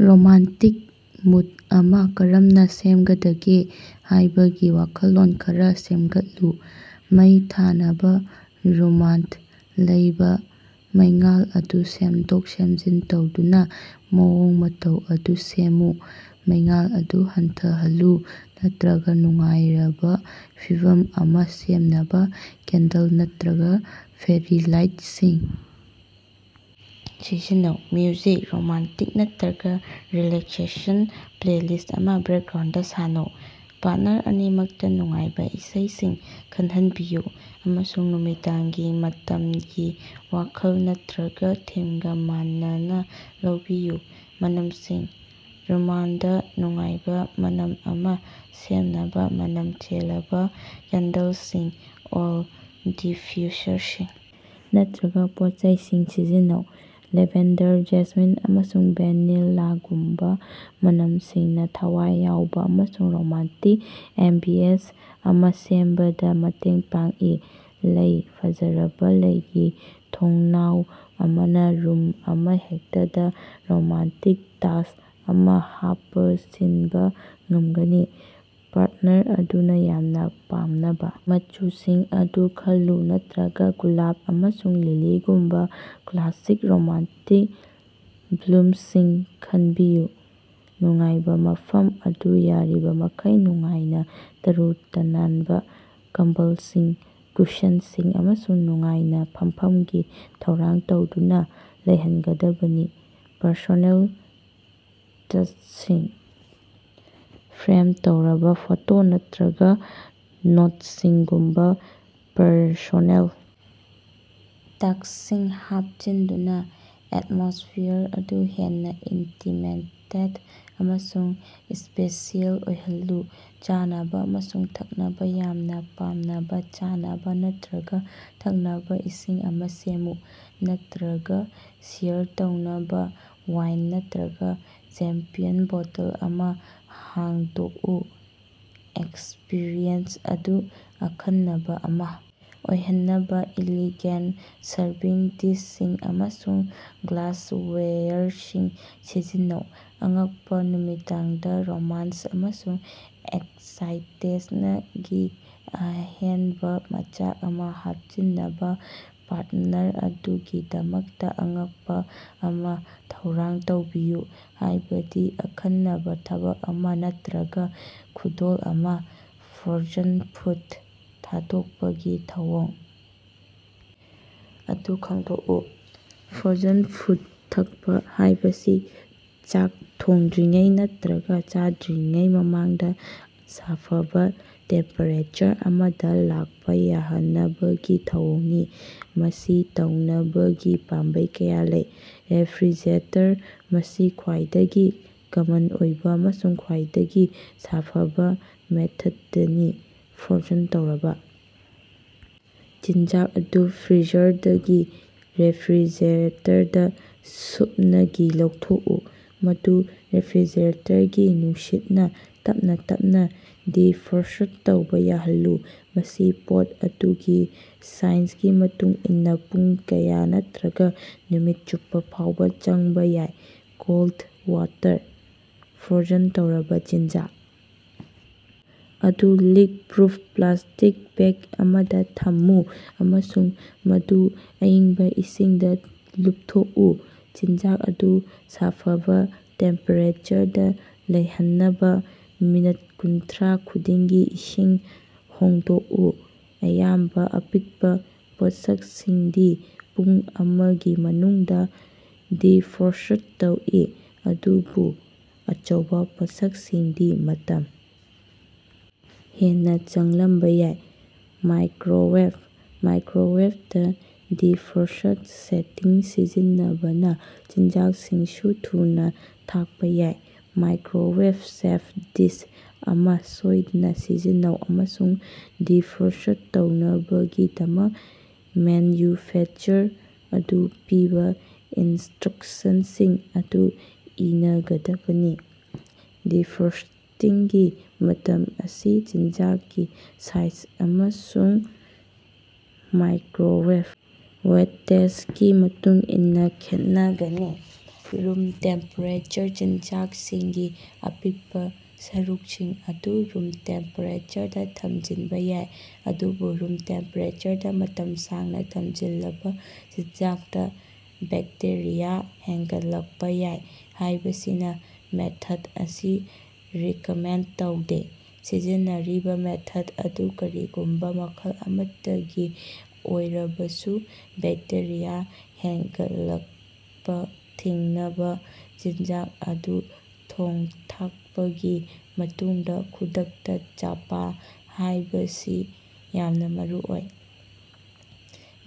Romantic mood ꯑꯃꯥ ꯀꯔꯝꯅꯥ ꯁꯦꯝꯒꯗꯒꯦ ꯍꯥꯏꯕꯒꯤ ꯋꯥꯈꯜꯂꯣꯟ ꯈꯔꯥ ꯁꯦꯝꯒꯠꯂꯨ꯫ ꯃꯩ ꯊꯥꯅꯕꯥ: ꯔꯨꯃꯗꯥ ꯂꯩꯕꯥ ꯃꯩꯉꯥꯜ ꯑꯗꯨ ꯁꯦꯝꯗꯣꯛ-ꯁꯦꯝꯖꯤꯟ ꯇꯧꯗꯨꯅꯥ ꯃꯑꯣꯡ ꯃꯇꯧ ꯑꯗꯨ ꯁꯦꯝꯃꯨ꯫ ꯃꯩꯉꯥꯜ ꯑꯗꯨ ꯍꯟꯊꯍꯜꯂꯨ, ꯅꯠꯇ꯭ꯔꯒꯥ ꯅꯨꯡꯉꯥꯏꯔꯕꯥ ꯐꯤꯚꯝ ꯑꯃꯥ ꯁꯦꯝꯅꯕꯥ ꯀꯦꯟꯗꯜ ꯅꯠꯇ꯭ꯔꯒꯥ ꯐꯦꯔꯤ ꯂꯥꯏꯠꯁꯤꯡ ꯁꯤꯖꯤꯟꯅꯧ꯫ ꯃ꯭ꯌꯨꯖꯤꯛ: ꯔꯣꯃꯥꯟꯇꯤꯛ ꯅꯠꯇ꯭ꯔꯒꯥ ꯔꯤꯂꯦꯛꯁꯦꯁꯟ ꯄ꯭ꯂꯦꯂꯤꯁꯠ ꯑꯃꯥ ꯕꯦꯛꯒ꯭ꯔꯥꯎꯟꯗꯥ ꯁꯥꯟꯅꯧ꯫ ꯄꯥꯔꯠꯅꯔ ꯑꯅꯤꯃꯛꯇꯥ ꯅꯨꯡꯉꯥꯏꯕꯥ ꯏꯁꯩꯁꯤꯡ ꯈꯟꯍꯜꯕꯤꯌꯨ, ꯑꯃꯁꯨꯡ ꯅꯨꯃꯤꯗꯥꯡꯒꯤ ꯃꯇꯝꯒꯤ ꯋꯥꯈꯜ ꯅꯠꯇ꯭ꯔꯒꯥ ꯊꯤꯝꯒꯥ ꯃꯥꯟꯅꯅꯥ ꯂꯧꯕꯤꯌꯨ꯫ ꯃꯅꯝꯁꯤꯡ: ꯔꯨꯃꯗꯥ ꯅꯨꯡꯉꯥꯏꯕꯥ ꯃꯅꯝ ꯑꯃꯥ ꯁꯦꯝꯅꯕꯥ ꯃꯅꯝ ꯆꯦꯜꯂꯕꯥ ꯀꯦꯟꯗꯂꯁꯤꯡ, ꯑꯣꯏꯜ ꯗꯤꯐ꯭ꯌꯨꯁꯔꯁꯤꯡ ꯅꯠꯇ꯭ꯔꯒꯥ ꯄꯣꯠꯆꯩꯁꯤꯡ ꯁꯤꯖꯤꯟꯅꯧ꯫ ꯂꯦꯕꯦꯟꯗꯔ, ꯖꯦꯁꯃꯤꯟ, ꯑꯃꯁꯨꯡ ꯚꯦꯅꯤꯂꯥꯒꯨꯝꯕꯥ ꯃꯅꯝꯁꯤꯡꯅꯥ ꯊꯋꯥꯏ ꯌꯥꯎꯕꯥ ꯑꯃꯁꯨꯡ ꯔꯣꯃꯥꯟꯇꯤꯛ ꯑꯦꯝꯕꯤꯌꯦꯟꯁ ꯑꯃꯥ ꯁꯦꯝꯕꯗꯥ ꯃꯇꯦꯡ ꯄꯥꯡꯏ꯫ ꯂꯩ: ꯐꯖꯔꯕꯥ ꯂꯩꯒꯤ ꯊꯣꯡꯅꯥꯎ ꯑꯃꯅꯥ ꯔꯨꯝ ꯑꯃꯍꯦꯛꯇꯗꯥ ꯔꯣꯃꯥꯟꯇꯤꯛ ꯇꯆ ꯑꯃꯥ ꯍꯥꯞꯆꯤꯟꯕꯥ ꯉꯝꯒꯅꯤ꯫ ꯄꯥꯔꯠꯅꯔ ꯑꯗꯨꯅꯥ ꯌꯥꯝꯅꯥ ꯄꯥꯝꯅꯕꯥ ꯃꯆꯨꯁꯤꯡ ꯑꯗꯨ ꯈꯜꯂꯨ ꯅꯠꯇ꯭ꯔꯒꯥ ꯒꯨꯂꯥꯞ ꯑꯃꯁꯨꯡ ꯂꯤꯂꯤꯒꯨꯝꯕꯥ ꯀ꯭ꯂꯥꯁꯤꯛ ꯔꯣꯃꯥꯟꯇꯤꯛ ꯕ꯭ꯂꯨꯝꯁꯤꯡ ꯈꯟꯕꯤꯌꯨ꯫ ꯅꯨꯡꯉꯥꯏꯕꯥ: ꯃꯐꯝ ꯑꯗꯨ ꯌꯥꯔꯤꯕꯃꯈꯩ ꯅꯨꯡꯉꯥꯏꯅꯥ ꯇꯔꯨ-ꯇꯥꯟꯅꯕꯥ ꯀꯝꯕꯜꯁꯤꯡ, ꯀꯨꯁꯟꯁꯤꯡ, ꯑꯃꯁꯨꯡ ꯅꯨꯡꯉꯥꯏꯅꯥ ꯐꯝꯐꯝꯒꯤ ꯊꯧꯔꯥꯡ ꯇꯧꯗꯨꯅꯥ ꯂꯩꯍꯟꯒꯗꯕꯅꯤ꯫ ꯄꯔꯁꯣꯅꯦꯜ ꯇꯆꯁꯤꯡ: ꯐ꯭ꯔꯦꯝ ꯇꯧꯔꯕꯥ ꯐꯣꯇꯣ ꯅꯠꯇꯔꯒꯥ ꯅꯣꯠꯁꯤꯡꯒꯨꯝꯕꯥ ꯄꯔꯁꯣꯅꯦꯜ ꯇꯆꯁꯤꯡ ꯍꯥꯞꯆꯤꯟꯗꯨꯅꯥ ꯑꯦꯠꯃꯣꯁꯐꯤꯌꯥꯔ ꯑꯗꯨ ꯍꯦꯟꯅꯥ ꯏꯟꯇꯤꯃꯦꯇꯦꯗ ꯑꯃꯁꯨꯡ ꯁ꯭ꯄꯦꯁꯤꯑꯦꯜ ꯑꯣꯏꯍꯜꯂꯨ꯫ ꯆꯥꯅꯕꯥ ꯑꯃꯁꯨꯡ ꯊꯛꯅꯕꯥ: ꯌꯥꯝꯅꯥ ꯄꯥꯝꯅꯕꯥ ꯆꯥꯅꯕꯥ ꯅꯠꯇ꯭ꯔꯒꯥ ꯊꯛꯅꯕꯥ ꯏꯁꯤꯡ ꯑꯃꯥ ꯁꯦꯝꯃꯨ, ꯅꯠꯇ꯭ꯔꯒꯥ ꯁꯦꯌꯔ ꯇꯧꯅꯕꯥ ꯋꯥꯏꯟ ꯅꯠꯇ꯭ꯔꯒꯥ ꯆꯦꯝꯄꯤꯌꯟ ꯕꯣꯇꯜ ꯑꯃꯥ ꯍꯥꯡꯗꯣꯛꯎ꯫ ꯑꯦꯛꯁꯄꯤꯔꯤꯑꯦꯟꯁ ꯑꯗꯨ ꯑꯈꯟꯅꯕꯥ ꯑꯃꯥ ꯑꯣꯏꯍꯟꯅꯕꯥ ꯏꯂꯤꯒꯦꯟꯠ ꯁꯔꯚꯤꯡ ꯗꯤꯁꯁꯤꯡ ꯑꯃꯁꯨꯡ ꯒ꯭ꯂꯥꯁꯋꯦꯌꯔꯁꯤꯡ ꯁꯤꯖꯤꯟꯅꯧ꯫ ꯑꯉꯛꯄꯥ: ꯅꯨꯃꯤꯗꯥꯡꯗꯥ ꯔꯣꯃꯥꯟ꯭ꯁ ꯑꯃꯁꯨꯡ ꯑꯦꯛꯁꯥꯏꯇꯦꯁꯅꯒꯤ ꯑꯍꯦꯟꯕꯥ ꯃꯆꯥꯛ ꯑꯃꯥ ꯍꯥꯞꯆꯤꯟꯅꯕꯥ ꯄꯥꯔꯠꯅꯔ ꯑꯗꯨꯒꯤꯗꯃꯛꯇꯥ ꯑꯉꯛꯄꯥ ꯑꯃꯥ ꯊꯧꯔꯥꯡ ꯇꯧꯕꯤꯌꯨ, ꯍꯥꯏꯕꯗꯤ ꯑꯈꯟꯅꯕꯥ ꯊꯕꯛ ꯑꯃꯥ ꯅꯠꯇ꯭ꯔꯒꯥ ꯈꯨꯗꯣꯜ ꯑꯃꯥ꯫ ꯐ꯭ꯔꯣꯖꯟ ꯐꯨꯗ ꯊꯥꯗꯣꯛꯄꯒꯤ ꯊꯧꯑꯣꯡ ꯑꯗꯨ ꯈꯪꯗꯣꯛꯎ꯫ ꯐ꯭ꯔꯣꯖꯟ ꯐꯨꯗ ꯊꯛꯄꯥ ꯍꯥꯏꯕꯁꯤ ꯆꯥꯛ ꯊꯣꯡꯗ꯭ꯔꯤꯉꯩ ꯅꯠꯇ꯭ꯔꯒꯥ ꯆꯥꯗ꯭ꯔꯤꯉꯩ ꯃꯃꯥꯡꯗꯥ ꯁꯥꯐꯕꯥ ꯇꯦꯝꯄꯦꯔꯦꯆꯔ ꯑꯃꯗꯥ ꯂꯥꯛꯄꯥ ꯌꯥꯍꯟꯅꯕꯒꯤ ꯊꯧꯑꯣꯡꯅꯤ꯫ ꯃꯁꯤ ꯇꯧꯅꯕꯒꯤ ꯄꯥꯝꯕꯩ ꯀꯌꯥ ꯂꯩ: ꯔꯦꯐ꯭ꯔꯤꯖꯔꯦꯇꯔ: ꯃꯁꯤ ꯈ꯭ꯋꯥꯏꯗꯒꯤ ꯀꯃꯟ ꯑꯣꯏꯕꯥ ꯑꯃꯁꯨꯡ ꯈ꯭ꯋꯥꯏꯗꯒꯤ ꯁꯥꯐꯕꯥ ꯃꯦꯊꯗꯅꯤ꯫ ꯐ꯭ꯔꯣꯖꯟ ꯇꯧꯔꯕꯥ ꯆꯤꯟꯖꯥꯛ ꯑꯗꯨ ꯐ꯭ꯔꯤꯖꯔꯗꯒꯤ ꯔꯦꯐ꯭ꯔꯤꯖꯔꯦꯇꯔꯗꯥ ꯁꯨꯞꯅꯒꯤ ꯂꯧꯊꯣꯛꯎ, ꯃꯗꯨ ꯔꯦꯐ꯭ꯔꯤꯖꯔꯦꯇꯔꯒꯤ ꯅꯨꯡꯁꯤꯠꯅꯥ ꯇꯞꯅꯥ ꯇꯞꯅꯥ ꯗꯤꯐ꯭ꯔꯣꯁ꯭ꯠ ꯇꯧꯕꯥ ꯌꯥꯍꯜꯂꯨ꯫ ꯃꯁꯤ ꯄꯣꯠ ꯑꯗꯨꯒꯤ ꯁꯥꯏꯖꯒꯤ ꯃꯇꯨꯡ ꯏꯟꯅꯥ ꯄꯨꯡ ꯀꯌꯥ ꯅꯠꯇꯔꯒꯥ ꯅꯨꯃꯤꯠ ꯆꯨꯞꯄꯥ ꯐꯥꯎꯕꯥ ꯆꯪꯕꯥ ꯌꯥꯏ꯫ ꯀꯣꯜꯗ ꯋꯥꯇꯔ: ꯐ꯭ꯔꯣꯖꯟ ꯇꯧꯔꯕꯥ ꯆꯤꯟꯖꯥꯛ ꯑꯗꯨ ꯂꯤꯛ-ꯄ꯭ꯔꯨꯐ ꯄ꯭ꯂꯥꯁꯇꯤꯛ ꯕꯦꯒ ꯑꯃꯗꯥ ꯊꯝꯃꯨ ꯑꯃꯁꯨꯡ ꯃꯗꯨ ꯑꯏꯪꯕꯥ ꯏꯁꯤꯡꯗꯥ ꯂꯨꯞꯊꯣꯛꯑꯨ꯫ ꯆꯤꯟꯖꯥꯛ ꯑꯗꯨ ꯁꯥꯐꯕꯥ ꯇꯦꯝꯄꯦꯔꯦꯆꯔꯗꯥ ꯂꯩꯍꯟꯅꯕꯥ ꯃꯤꯅꯠ ꯀꯨꯟꯊ꯭ꯔꯥ ꯈꯨꯗꯤꯡꯒꯤ ꯏꯁꯤꯡ ꯍꯣꯡꯗꯣꯛꯎ꯫ ꯑꯌꯥꯝꯕꯥ ꯑꯄꯤꯛꯄꯥ ꯄꯣꯠꯁꯛꯁꯤꯡꯗꯤ ꯄꯨꯡ ꯑꯃꯒꯤ ꯃꯅꯨꯡꯗꯥ ꯗꯤꯐ꯭ꯔꯣꯁ꯭ꯠ ꯇꯧꯏ, ꯑꯗꯨꯕꯨ ꯑꯆꯧꯕꯥ ꯄꯣꯠꯁꯛꯁꯤꯡꯗꯤ ꯃꯇꯝ ꯍꯦꯟꯅꯥ ꯆꯪꯂꯝꯕꯥ ꯌꯥꯏ꯫ ꯃꯥꯏꯀ꯭ꯔꯣꯋꯦꯕ: ꯃꯥꯏꯀ꯭ꯔꯣꯋꯦꯕꯇꯥ ꯗꯤꯐ꯭ꯔꯣꯁ꯭ꯠ ꯁꯦꯇꯤꯡ ꯁꯤꯖꯤꯟꯅꯕꯅꯥ ꯆꯤꯟꯖꯥꯛꯁꯤꯡꯁꯨ ꯊꯨꯅꯥ ꯊꯛꯄꯥ ꯌꯥꯏ꯫ ꯃꯥꯏꯀ꯭ꯔꯣꯋꯦꯕ-ꯁꯦꯐ ꯗꯤꯁ ꯑꯃꯥ ꯁꯣꯏꯗꯅꯥ ꯁꯤꯖꯤꯟꯅꯧ ꯑꯃꯁꯨꯡ ꯗꯤꯐ꯭ꯔꯣꯁ꯭ꯠ ꯇꯧꯅꯕꯒꯤꯗꯃꯛ ꯃꯦꯟꯌꯨꯐꯦꯛꯆꯔꯔ ꯑꯗꯨ ꯄꯤꯕꯥ ꯏꯟꯁ꯭ꯇꯔꯛꯁꯟꯁꯤꯡ ꯑꯗꯨ ꯏꯅꯒꯗꯕꯅꯤ꯫ ꯗꯤꯐ꯭ꯔꯣꯁ꯭ꯇꯤꯡꯒꯤ ꯃꯇꯝ ꯑꯁꯤ ꯆꯤꯟꯖꯥꯛꯀꯤ ꯁꯥꯏꯖ ꯑꯃꯁꯨꯡ ꯃꯥꯏꯀ꯭ꯔꯣꯋꯦꯕ ꯋꯥꯇꯦꯖꯒꯤ ꯃꯇꯨꯡ ꯏꯟꯅꯥ ꯈꯦꯠꯅꯒꯅꯤ꯫ ꯔꯨꯝ ꯇꯦꯝꯄꯦꯔꯦꯆꯔ: ꯆꯤꯟꯖꯥꯛꯁꯤꯡꯒꯤ ꯑꯄꯤꯛꯄꯥ ꯁꯔꯨꯛꯁꯤꯡ ꯑꯗꯨ ꯔꯨꯝ ꯇꯦꯝꯄꯦꯔꯦꯆꯔꯗꯥ ꯊꯝꯖꯤꯟꯕꯥ ꯌꯥꯏ, ꯑꯗꯨꯕꯨ ꯔꯨꯝ ꯇꯦꯝꯄꯦꯔꯦꯆꯔꯗꯥ ꯃꯇꯝ ꯁꯥꯡꯅꯥ ꯊꯝꯖꯤꯜꯂꯕꯥ ꯆꯤꯟꯖꯥꯛꯇꯥ ꯕꯦꯛꯇꯦꯔꯤꯌꯥ ꯍꯦꯟꯒꯠꯂꯛꯄꯥ ꯌꯥꯏ ꯍꯥꯏꯕꯁꯤꯅꯥ ꯃꯦꯊꯗ ꯑꯁꯤ ꯔꯤꯀꯃꯦꯟꯗ ꯇꯧꯗꯦ꯫ ꯁꯤꯖꯤꯟꯅꯔꯤꯕꯥ ꯃꯦꯊꯗ ꯑꯗꯨ ꯀꯔꯤꯒꯨꯝꯕꯥ ꯃꯈꯜ ꯑꯃꯠꯇꯒꯤ ꯑꯣꯏꯔꯕꯁꯨ, ꯕꯦꯛꯇꯦꯔꯤꯌꯥ ꯍꯦꯟꯒꯠꯂꯛꯄꯥ ꯊꯤꯡꯅꯕꯥ ꯆꯤꯟꯖꯥꯛ ꯑꯗꯨ ꯊꯣꯡ-ꯊꯥꯛꯄꯒꯤ ꯃꯇꯨꯡꯗꯥ ꯈꯨꯗꯛꯇꯥ ꯆꯥꯄꯥ ꯍꯥꯏꯕꯁꯤ ꯌꯥꯝꯅꯥ ꯃꯔꯨꯑꯣꯏ꯫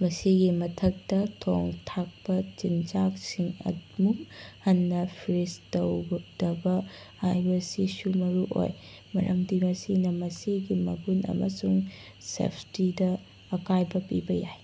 ꯃꯁꯤꯒꯤ ꯃꯊꯛꯇꯥ, ꯊꯣꯡ-ꯊꯥꯛꯄꯥ ꯆꯤꯟꯖꯥꯛꯁꯤꯡ ꯑꯃꯨꯛ ꯍꯟꯅꯥ ꯐ꯭ꯔꯤꯖ ꯇꯧꯗꯕꯥ ꯍꯥꯏꯕꯁꯤꯁꯨ ꯃꯔꯨꯑꯣꯏ, ꯃꯔꯝꯗꯤ ꯃꯁꯤꯅꯥ ꯃꯁꯤꯒꯤ ꯃꯒꯨꯟ ꯑꯃꯁꯨꯡ ꯁꯦꯐꯇꯤꯗꯥ ꯑꯀꯥꯏꯕꯥ ꯄꯤꯕꯥ ꯌꯥꯏ꯫।